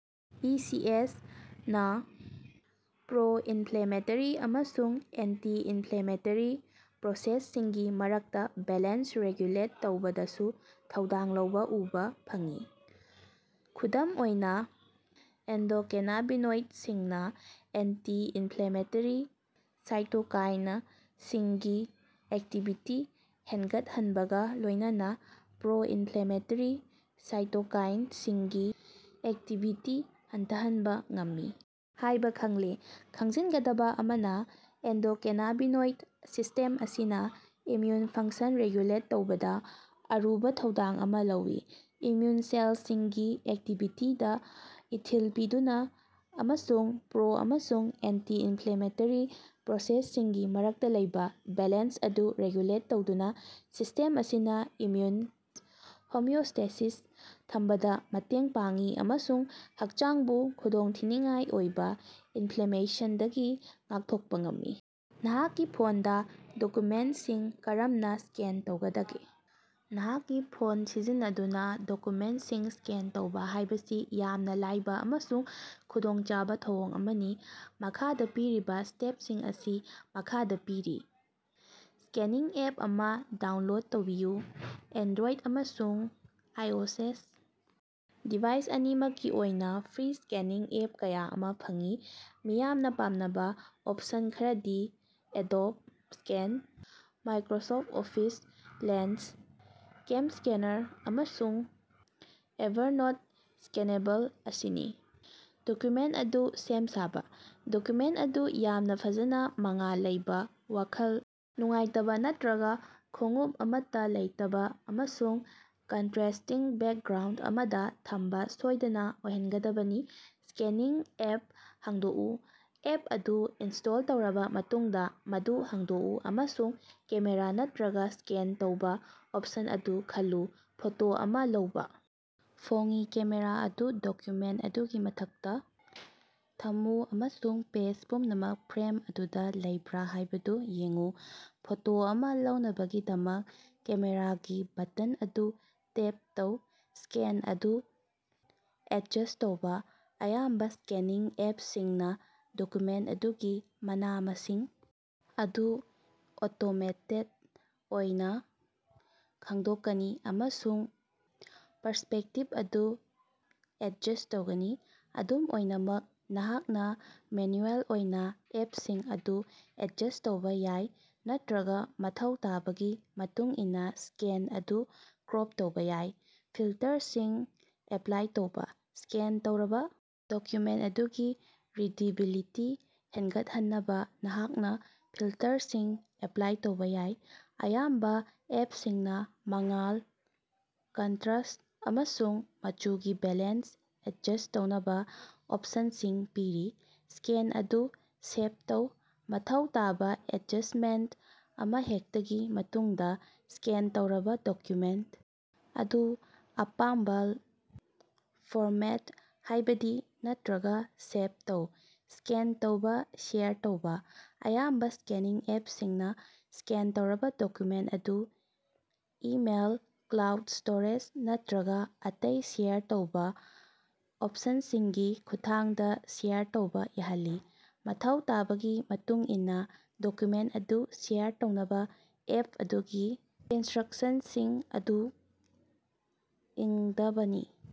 E. C. S. ꯅꯥ pro-inflammatory ꯑꯃꯁꯨꯡ anti-inflammatory process ꯁꯤꯡꯒꯤ ꯃꯔꯛꯇ ꯕꯦꯂꯦꯟꯁ ꯔꯤꯒꯨꯂꯦꯠ ꯇꯧꯕꯗꯁꯨ ꯊꯧꯗꯥꯡ ꯂꯧꯕ ꯎꯕ ꯐꯪꯏ꯫ ꯈꯨꯗꯝ ꯑꯣꯏꯅ, ꯑꯦꯟꯗꯣꯀꯦꯅꯥꯕꯤꯅꯣꯏꯗ ꯁꯤꯡꯅ ꯑꯦꯟꯇꯤ-ꯏꯟꯐ꯭ꯂꯦꯃꯦꯇꯔꯤ ꯁꯥꯏꯇꯣꯀꯥꯏꯅ ꯁꯤꯡꯒꯤ ꯑꯦꯛꯇꯤꯚꯤꯇꯤ ꯍꯦꯟꯉꯠꯍꯟꯕꯒ ꯂꯣꯏꯅꯅ ꯄ꯭ꯔꯣ-ꯏꯟꯐ꯭ꯂꯦꯃꯦꯇꯔꯤ ꯁꯥꯏꯇꯣꯀꯥꯏꯟ ꯁꯤꯡꯒꯤ ꯑꯦꯛꯇꯤꯚꯤꯇꯤ ꯍꯟꯊꯍꯟꯕ ꯉꯝꯃꯤ ꯍꯥꯏꯕ ꯈꯪꯂꯦ꯫ ꯈꯪꯖꯤꯟꯒꯗꯕ ꯑꯃꯅ, ꯑꯦꯟꯗꯣꯀꯦꯅꯥꯕꯤꯅꯣꯏꯗ ꯁꯤꯁꯇꯦꯝ ꯑꯁꯤꯅ ꯏꯝꯃ꯭ꯌꯨꯟ ꯐꯪꯁꯟ ꯔꯤꯒꯨꯂꯦꯠ ꯇꯧꯕꯗ ꯑꯔꯨꯕ ꯊꯧꯗꯥꯡ ꯑꯃ ꯂꯧꯏ꯫ ꯏꯝꯃ꯭ꯌꯨꯟ ꯁꯦꯜꯁꯤꯡꯒꯤ ꯑꯦꯛꯇꯤꯚꯤꯇꯤꯗ ꯏꯊꯤꯜ ꯄꯤꯗꯨꯅ ꯑꯃꯁꯨꯡ ꯄ꯭ꯔꯣ- ꯑꯃꯁꯨꯡ ꯑꯦꯟꯇꯤ-ꯏꯟꯐ꯭ꯂꯦꯃꯦꯇꯔꯤ ꯄ꯭ꯔꯣꯁꯦꯁ ꯁꯤꯡꯒꯤ ꯃꯔꯛꯇ ꯂꯩꯕ ꯕꯦꯂꯦꯟꯁ ꯑꯗꯨ ꯔꯤꯒꯨꯂꯦꯠ ꯇꯧꯗꯨꯅ, ꯁꯤꯁꯇꯦꯝ ꯑꯁꯤꯅ ꯏꯝꯃ꯭ꯌꯨꯟ ꯍꯣꯃꯤꯑꯣꯁ꯭ꯇꯦꯁꯤꯁ ꯊꯝꯕꯗ ꯃꯇꯦꯡ ꯄꯥꯡꯏ ꯑꯃꯁꯨꯡ ꯍꯛꯆꯥꯡꯕꯨ ꯈꯨꯗꯣꯡꯊꯤꯅꯤꯉꯥꯏ ꯑꯣꯏꯕ ꯏꯟꯐ꯭ꯂꯦꯃꯦꯁꯟ ꯗꯒꯤ ꯉꯥꯛꯊꯣꯛꯄ ꯉꯝꯃꯤ꯫। ꯅꯍꯥꯛꯀꯤ ꯐꯣꯟꯗ ꯗꯣꯀ꯭ꯌꯨꯃꯦꯟꯇꯁꯤꯡ ꯀꯔꯝꯅ ꯁ꯭ꯀꯦꯟ ꯇꯧꯒꯗꯒꯦ꯫ ꯅꯍꯥꯛꯀꯤ ꯐꯣꯟ ꯁꯤꯖꯤꯟꯅꯗꯨꯅ ꯗꯣꯀ꯭ꯌꯨꯃꯦꯟꯇꯁꯤꯡ ꯁ꯭ꯀꯦꯟ ꯇꯧꯕ ꯍꯥꯏꯕꯁꯤ ꯌꯥꯝꯅ ꯂꯥꯏꯕ ꯑꯃꯁꯨꯡ ꯈꯨꯗꯣꯡꯆꯥꯕ ꯊꯧꯑꯣꯡ ꯑꯃꯅꯤ꯫ ꯃꯈꯥꯗ ꯄꯤꯔꯤꯕ ꯁ꯭ꯇꯦꯞꯁꯤꯡ ꯑꯁꯤ ꯃꯈꯥꯗ ꯄꯤꯔꯤ: ꯁ꯭ꯀꯦꯅꯤꯡ ꯑꯦꯞ ꯑꯃ ꯗꯥꯎꯟꯂꯣꯗ ꯇꯧꯕꯤꯌꯨ: ꯑꯦꯟꯗ꯭ꯔꯣꯏꯗ ꯑꯃꯁꯨꯡ ꯑꯥꯏꯑꯣꯑꯦꯁ ꯗꯤꯚꯥꯏꯁ ꯑꯅꯤꯃꯛꯀꯤ ꯑꯣꯏꯅ ꯐ꯭ꯔꯤ ꯁ꯭ꯀꯦꯅꯤꯡ ꯑꯦꯞ ꯀꯌꯥ ꯑꯃ ꯐꯪꯏ꯫ ꯃꯤꯌꯥꯝꯅ ꯄꯥꯝꯅꯕ ꯑꯣꯞꯁꯟ ꯈꯔꯗꯤ Adobe Scan, Microsoft Office Lens, CamScanner, ꯑꯃꯁꯨꯡ ꯑꯦꯚꯥꯔꯅꯣꯠ ꯁ꯭ꯀꯦꯅꯦꯕꯜ ꯑꯁꯤꯅꯤ꯫ ꯗꯣꯀ꯭ꯌꯨꯃꯦꯟꯇ ꯑꯗꯨ ꯁꯦꯝ-ꯁꯥꯕ: ꯗꯣꯀ꯭ꯌꯨꯃꯦꯟꯇ ꯑꯗꯨ ꯌꯥꯝꯅ ꯐꯖꯅ ꯃꯉꯥꯜ ꯂꯩꯕ, ꯋꯥꯈꯜ ꯅꯨꯡꯉꯥꯏꯇꯕ ꯅꯠꯇꯔꯒ ꯈꯣꯡꯎꯞ ꯑꯃꯠꯇ ꯂꯩꯇꯕ ꯑꯃꯁꯨꯡ ꯀꯟꯇ꯭ꯔꯦꯁ꯭ꯇꯤꯡ ꯕꯦꯛꯒ꯭ꯔꯥꯎꯟꯗ ꯑꯃꯗ ꯊꯝꯕ ꯁꯣꯏꯗꯅ ꯑꯣꯏꯍꯟꯒꯗꯕꯅꯤ꯫ ꯁ꯭ꯀꯦꯅꯤꯡ ꯑꯦꯞ ꯍꯥꯡꯗꯣꯛꯎ: ꯑꯦꯞ ꯑꯗꯨ ꯏꯟꯁ꯭ꯇꯣꯜ ꯇꯧꯔꯕ ꯃꯇꯨꯡꯗ, ꯃꯗꯨ ꯍꯥꯡꯗꯣꯛꯎ ꯑꯃꯁꯨꯡ ꯀꯦꯃꯦꯔꯥ ꯅꯠꯇꯔꯒ ꯁ꯭ꯀꯦꯟ ꯇꯧꯕ ꯑꯣꯞꯁꯟ ꯑꯗꯨ ꯈꯜꯂꯨ꯫ ꯐꯣꯇꯣ ꯑꯃ ꯂꯧꯕ: ꯐꯣꯉꯤ ꯀꯦꯃꯦꯔꯥ ꯑꯗꯨ ꯗꯣꯀ꯭ꯌꯨꯃꯦꯟꯇ ꯑꯗꯨꯒꯤ ꯃꯊꯛꯇ ꯊꯝꯃꯨ ꯑꯃꯁꯨꯡ ꯄꯦꯖ ꯄꯨꯝꯅꯃꯛ ꯐ꯭ꯔꯦꯝ ꯑꯗꯨꯗ ꯂꯩꯕ꯭ꯔ ꯍꯥꯏꯕꯗꯨ ꯌꯦꯡꯎ꯫ ꯐꯣꯇꯣ ꯑꯃ ꯂꯧꯅꯕꯒꯤꯗꯃꯛ ꯀꯦꯃꯦꯔꯥꯒꯤ ꯕꯥꯇꯟ ꯑꯗꯨ ꯇꯦꯞ ꯇꯧ꯫ ꯁ꯭ꯀꯦꯟ ꯑꯗꯨ ꯑꯦꯗꯖꯁ ꯇꯧꯕ: ꯑꯌꯥꯝꯕ ꯁ꯭ꯀꯦꯅꯤꯡ ꯑꯦꯞꯁꯤꯡꯅ ꯗꯣꯀ꯭ꯌꯨꯃꯦꯟꯇ ꯑꯗꯨꯒꯤ ꯃꯅꯥ-ꯃꯁꯤꯡ ꯑꯗꯨ ꯑꯣꯇꯣꯃꯦꯇꯦꯗ ꯑꯣꯏꯅ ꯈꯪꯗꯣꯛꯀꯅꯤ ꯑꯃꯁꯨꯡ ꯄꯔꯁ꯭ꯄꯦꯛꯇꯤꯚ ꯑꯗꯨ ꯑꯦꯗꯖꯁ꯭ꯠ ꯇꯧꯒꯅꯤ꯫ ꯑꯗꯨꯝ ꯑꯣꯏꯅꯃꯛ, ꯅꯍꯥꯛꯅ ꯃꯦꯅ꯭ꯌꯨꯑꯦꯜ ꯑꯣꯏꯅ ꯑꯦꯞꯁꯤꯡ ꯑꯗꯨ ꯑꯦꯗꯖꯁ꯭ꯠ ꯇꯧꯕ ꯌꯥꯏ ꯅꯠꯇꯔꯒ ꯃꯊꯧ ꯇꯥꯕꯒꯤ ꯃꯇꯨꯡꯏꯟꯅ ꯁ꯭ꯀꯦꯟ ꯑꯗꯨ ꯀ꯭ꯔꯣꯞ ꯇꯧꯕ ꯌꯥꯏ꯫ ꯐꯤꯜꯇꯔꯁꯤꯡ ꯑꯦꯄ꯭ꯂꯥꯏ ꯇꯧꯕ: ꯁ꯭ꯀꯦꯟ ꯇꯧꯔꯕ ꯗꯣꯀ꯭ꯌꯨꯃꯦꯟꯇ ꯑꯗꯨꯒꯤ ꯔꯤꯗꯤꯕꯤꯂꯤꯇꯤ ꯍꯦꯟꯒꯠꯍꯟꯅꯕ ꯅꯍꯥꯛꯅ ꯐꯤꯜꯇꯔꯁꯤꯡ ꯑꯦꯄ꯭ꯂꯥꯏ ꯇꯧꯕ ꯌꯥꯏ꯫ ꯑꯌꯥꯝꯕ ꯑꯦꯄꯁꯤꯡꯅ ꯃꯉꯥꯜ, ꯀꯟꯇꯔꯁ꯭ꯠ ꯑꯃꯁꯨꯡ ꯃꯆꯨꯒꯤ ꯕꯦꯂꯦꯟꯁ ꯑꯦꯗꯖꯁ꯭ꯠ ꯇꯧꯅꯕ ꯑꯣꯞꯁꯟ ꯁꯤꯡ ꯄꯤꯔꯤ꯫ ꯁ꯭ꯀꯦꯟ ꯑꯗꯨ ꯁꯦꯚ ꯇꯧ: ꯃꯊꯧ ꯇꯥꯕ ꯑꯦꯗꯖꯁ꯭ꯇꯃꯦꯟꯇ ꯑꯃꯍꯦꯛꯇꯒꯤ ꯃꯇꯨꯡꯗ, ꯁ꯭ꯀꯦꯟ ꯇꯧꯔꯕ ꯗꯣꯀ꯭ꯌꯨꯃꯦꯟꯇ ꯑꯗꯨ ꯑꯄꯥꯝꯕꯥꯜ ꯐꯣꯔꯃꯦꯠꯇ, ꯍꯥꯏꯕꯗꯤ ꯅꯠꯇꯔꯒ ꯁꯦꯚ ꯇꯧ꯫ ꯁ꯭ꯀꯦꯟ ꯇꯧꯕ ꯁꯦꯌꯥꯔ ꯇꯧꯕ: ꯑꯌꯥꯝꯕ ꯁ꯭ꯀꯦꯅꯤꯡ ꯑꯦꯞꯁꯤꯡꯅ ꯁ꯭ꯀꯦꯟ ꯇꯧꯔꯕ ꯗꯣꯀ꯭ꯌꯨꯃꯦꯟꯇ ꯑꯗꯨ ꯏꯃꯦꯏꯜ, ꯀ꯭ꯂꯥꯎꯗ ꯁ꯭ꯇꯣꯔꯦꯖ ꯅꯠꯇꯔꯒ ꯑꯇꯩ ꯁꯦꯌꯔ ꯇꯧꯕ ꯑꯣꯞꯁꯟꯁꯤꯡꯒꯤ ꯈꯨꯠꯊꯥꯡꯗ ꯁꯦꯌꯥꯔ ꯇꯧꯕ ꯌꯥꯍꯜꯂꯤ꯫ ꯃꯊꯧ ꯇꯥꯕꯒꯤ ꯃꯇꯨꯡꯏꯟꯅ ꯗꯣꯀ꯭ꯌꯨꯃꯦꯟꯇ ꯑꯗꯨ ꯁꯦꯌꯥꯔ ꯇꯧꯅꯕ ꯑꯦꯞ ꯑꯗꯨꯒꯤ ꯏꯟꯁ꯭ꯠꯔꯛꯁꯟꯁꯤꯡ ꯑꯗꯨ ꯏꯪꯗꯕꯅꯤ꯫